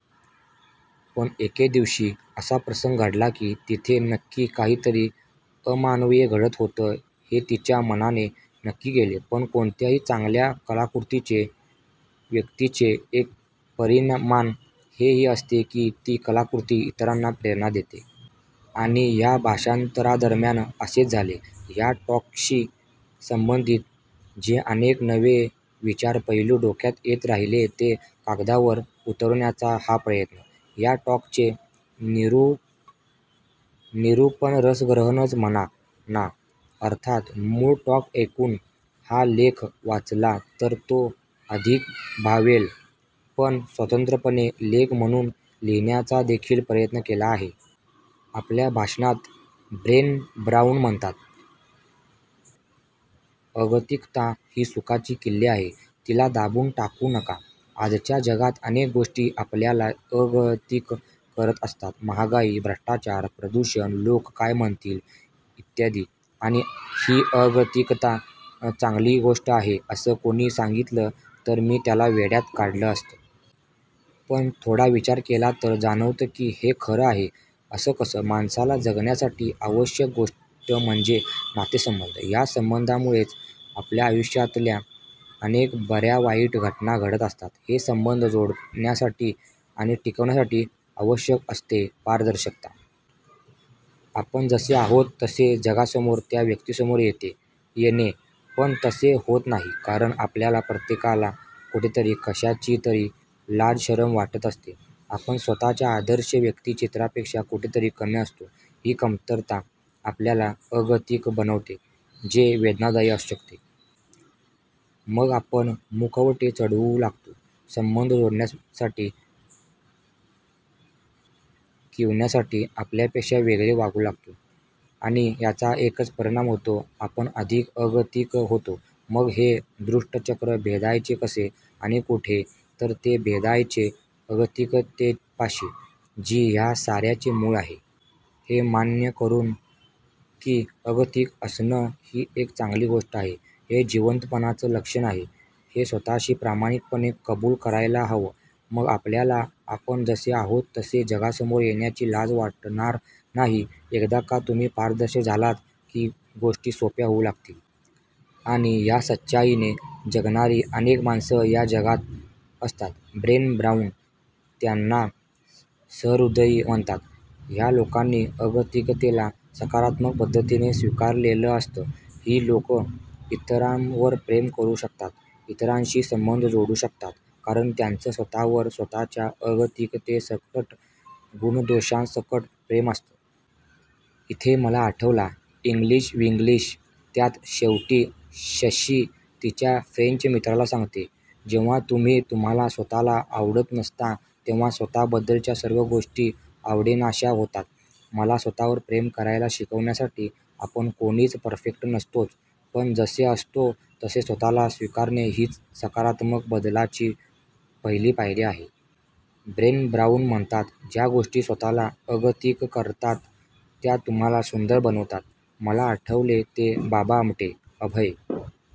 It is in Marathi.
पण एके दिवशी असा प्रसंग घडला कि तिथे नक्की काहीतरी अमानवीय घडत होतं हे तिच्या मनाने नक्की केलं. पण कोणत्याही चांगल्या कलाकृतीचे िव्यक्तीचे एक परिमाण हेही असते की ती कलाकृती इतरांना प्रेरणा देते. आणि ह्या भाषांतरादरम्यान असेच झाले. ह्या टॉकशी संबंधित जे अनेक नवे विचारपैलू डोक्यात येत राहिले ते कागदावर उतरवण्याचा हा प्रयत्न. ह्या टॉकचे निरुपणरसग्रहणच म्हणा ना. अर्थात मूळ टॉक ऐकून हा लेख वाचला तर तो अधिक भावेल पण स्वतंत्रपणे लेख म्हणून लिहिण्याचादेखील प्रयत्न केला आहे. आपल्या भाषणात ब्रेने ब्राऊन म्हणतात, अगतिकता ही सुखाची किल्ली आहे. तिला दाबून टाकू नका. आजच्या जगात अनेक गोष्टी आपल्याला अगतिक करत असतात. महागाई, भ्रष्टाचार, प्रदूषण, लोकं काय म्हणतील? ई. आणि ही अगतिकता चांगली गोष्ट आहे असं कुणी सांगितलं तर मी त्याला वेड्यात काढलं असतं. पण थोडा विचार केला तर जाणवतं की हे खरं आहे. असं कसं? माणसाला जगण्यासाठी आवश्यक गोष्ट म्हणजे नातेसंबंध. ह्या संबंधांमुळेच आपल्या आयुष्यातल्या अनेक बऱ्यावाईट घटना घडत असतात. हे संबंध जोडण्यासाठी आणि टिकवण्यासाठी आवश्यक असते पारदर्शकता. आपण जसे आहोत तसे जगासमोर त्या व्यक्तीसमोर येणे. पण तसे होत नाही. कारण आपल्याला प्रत्येकाला कुठेतरी, कशाचीतरी लाजशरम वाटत असते. आपण स्वतःच्या आदर्श व्यक्तिचित्रापेक्षा कुठेतरी कमी असतो. ही कमतरता आपल्याला अगतिक बनवते. जे वेदनादायी असू शकतं. मग आपण मुखवटे चढवू लागतो. संबंध जोडण्यासाठी िकवण्यासाठी आपल्यापेक्षा वेगळे वागू लागतो. आणि याचा एकच परिणाम होतो आपण अधिक अगतिक होतो! मग हे दुष्टचक्र भेदायचे कसे? आणि कुठे? तर ते भेदायचे अगतिकतेपाशी. जी ह्या साऱ्याचे मूळ आहे. हे मान्य करून की अगतिक असणं ही एक चांगली गोष्ट आहे. हे जिवंतपणाचं लक्षण आहे. हे स्वतःशी प्रामाणिकपणे कबुल करायला हवं. मग आपल्याला आपण जसे आहोत तसे जगासमोर येण्याची लाज वाटणार नाही! एकदा का तुम्ही पारदर्शक झालात की गोष्टी सोप्या होऊ लागतील! आणि ह्या सच्चाईने जगणारी अनेक माणसं या जगात असतात. ब्रेने ब्राऊन त्यांना सहृदयी म्हणतात. ह्या लोकांनी अगतिकतेला सकारात्मक पद्धतीने स्वीकारलेलं असतं. ही लोकं इतरांवर प्रेम करू शकतात, इतरांशी संबंध जोडू शकतात कारण त्यांचं स्वतःवर स्वतःच्या अगतिकतेसकट, गुणदोषांसकट प्रेम असतं. इथे मला आठवला इंग्लिशविन्ग्लीश! त्यात शेवटी शशी तिच्या फ्रेंच मित्राला सांगते, जेव्हा तुम्ही तुम्हाला स्वतःला आवडत नसता तेव्हा स्वतःबद्दलच्या सर्वच गोष्टी आवडेनाश्या होतात., मला स्वतःवर प्रेम करायला शिकवण्यासाठी,! आपण कोणीच परफेक्ट नसतोच पण जसे असतो तसे स्वतःला स्वीकारणे हीच सकारात्मक बदलाची पहिली पायरी आहे. ब्रेने ब्राऊन म्हणतात, ज्या गोष्टी तुम्हाला अगतिक करतात त्या तुम्हाला सुंदर बनवतात. मला आठवले ते बाबा आमटे, अभय